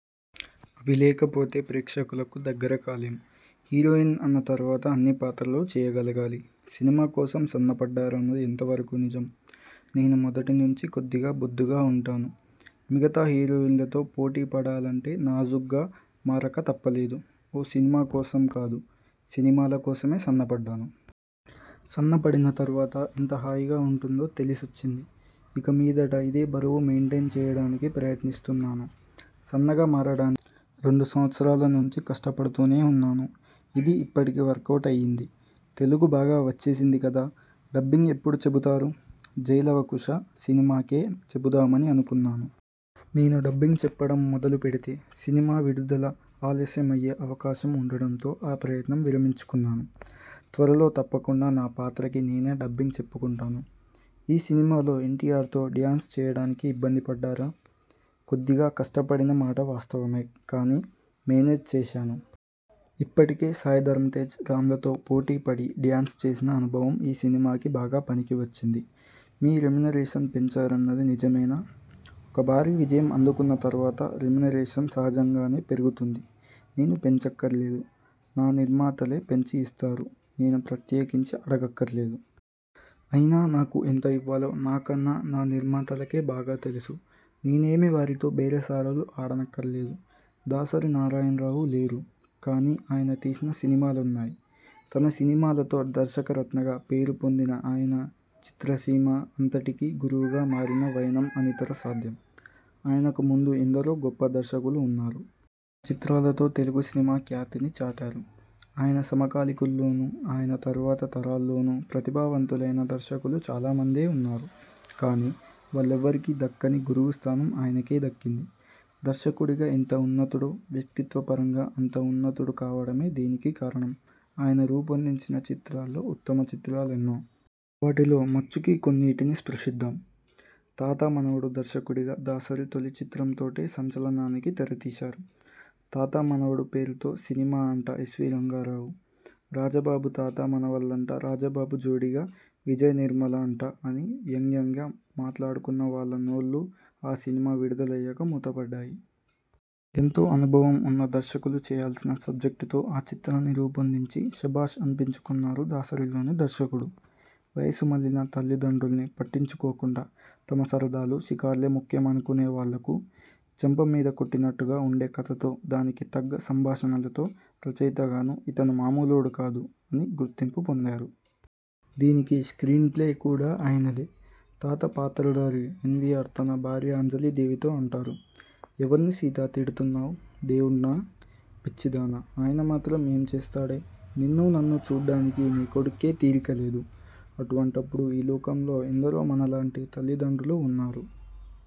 అవి లేకపోతే ప్రేక్షకులకు దగ్గర కాలేం. హీరోయిన్ అన్న తరువాత అన్ని పాత్రలు చేయగలగాలి. సినిమా కోసం సన్నపడ్డారన్నది ఎంతవరకు నిజం? నేను మొదటి నుంచీ కొద్దిగా బొద్దుగా ఉంటాను. మిగతా హీరోయిన్లతో పోటీ పడాలంటే నాజుగ్గా మారక తప్పలేదు. ఓ సినిమా కోసం కాదు సినిమాల కోసమే సన్నపడ్డాను. సన్నపడిన తరువాత ఎంత హాయిగా ఉంటుందో తెలిసొచ్చింది. ఇక మీదట ఇదే బరువు మెయిన్టెయిన్ చేయడానికి ప్రయత్నిస్తాను. సన్నగా మారడానికి రెండు సంవత్సరాల నుంచి కష్టపడుతూనే ఉన్నాను. అది ఇప్పటికి వర్కవుట్ అయింది. తెలుగు బాగా వచ్చేసింది కదా? డబ్బింగ్ ఎప్పుడు చెబుతారు? 'జై లవ కుశ' సినిమాకే చెబుదామని అనుకున్నాను. నేను డబ్బింగ్ చెప్పడం మొదలుపెడితే సినిమా విడుదల ఆలస్యమయ్యే అవకాశం ఉండడంతో ఆ ప్రయత్నం విరమించుకున్నాను. త్వరలో తప్పకుండా నా పాత్రకి నేనే డబ్బింగ్ చెప్పుకుంటాను. ఈ సినిమాలో ఎన్టీఆర్తో డ్యాన్స్ చేయడానికి ఇబ్బంది పడ్డారా? కొద్దిగా కష్టపడిన మాట వాస్తవమే కానీ, మేనేజ్ చేశాను. ఇప్పటికే సాయి ధరమ్తేజ్, రామ్లతో పోటీ పడి డ్యాన్స్ చేసిన అనుభవం ఈ సినిమాకి బాగా పనికి వచ్చింది. మీ రెమ్యునరేషన్ పెంచారన్నది నిజమేనా? ఒక భారీ విజయం అందుకున్న తరువాత రెమ్యునరేషన్ సహజంగానే పెరుగుతుంది. నేను పెంచనక్కర్లేదు. నా నిర్మాతలే పెంచి ఇస్తారు. నేను ప్రత్యేకించి అడగక్కర్లేదు. అయినా నాకు ఎంత ఇవ్వాలో నాకన్నా నా నిర్మాతలకే బాగా తెలుసు. నేనేమీ వారితో బేరసారాలు ఆడనక్కర్లేదు. దాసరి నారాయణరావు లేరు. కానీ ఆయన తీసిన సినిమాలున్నాయి. తన సినిమాలతో 'దర్శకరత్న'గా పేరుపొందిన ఆయన, చిత్రసీమ అంతటికీ గురువుగా మారిన వైనం అనితర సాధ్యం. ఆయనకు ముందు ఎందరో గొప్ప దర్శకులు ఉన్నారు. తమ చిత్రాలతో తెలుగు సినిమా ఖ్యాతిని చాటారు. ఆయన సమకాలికుల్లోనూ, ఆయన తర్వాతి తరాల్లోనూ ప్రతిభావంతులైన దర్శకులు చాలా మందే ఉన్నారు. కానీ వాళ్లెవరికీ దక్కని గురువు స్థానం ఆయనకే దక్కింది. దర్శకుడిగా ఎంత ఉన్నతుడో, వ్యక్తిత్వపరంగా అంత ఉన్నతుడు కావడమే దీనికి కారణం. ఆయన రూపొందించిన చిత్రాల్లో ఉత్తమ చిత్రాలెన్నో. వాటిలో మచ్చుకు కొన్నింటిని స్పృశిద్దాం. తాత మనవడు దర్శకుడిగా దాసరి తొలి చిత్రంతోటే సంచలనానికి తెరతీశారు. 'తాత మనవడు' పేరుతో సినిమా అంట ఎస్వీ రంగారావు, రాజబాబు తాతా మనవళ్లంట రాజబాబు జోడీగా విజయనిర్మల అంట అని వ్యంగ్యంగా మాట్లాడుకున్నవాళ్ల నోళ్లు ఆ సినిమా విడుదలయ్యాక మూతపడ్డాయి. ఎంతో అనుభవం ఉన్న దర్శకులు చేయాల్సిన సబ్జెక్టుతో ఆ చిత్రాన్ని రూపొందించి శభాష్ అనిపించుకున్నారు దాసరిలోని దర్శకుడు. వయసుమళ్లిన తల్లిదండ్రుల్ని పట్టించుకోకుండా, తమ సరదాలు, షికార్లే ముఖ్యమనుకొనేవాళ్లకు చెంపమీద కొట్టినట్లుగా ఉండే కథతో, దానికి తగ్గ సంభాషణలతో రచయితగానూ 'ఇతను మామూలోడు కాదు' అని గుర్తింపు పొందారు. దీనికి స్ర్కీనప్లే కూడా ఆయనదే. తాత పాత్రధారి ఎస్వీఆర్ తన భార్య అంజలీదేవితో అంటారు ''ఎవర్ని సీతా తిడుతున్నావ్! దేవుడ్నా! పిచ్చిదానా! ఆయన మాత్రం ఏం చేస్తాడే! నిన్నూ నన్నూ చూడ్డానికి నీ కొడుక్కే తీరిక లేదు! అటువంటప్పుడు ఈ లోకంలో ఎందరో మనలాంటి తల్లిదండ్రులు ఉన్నారు!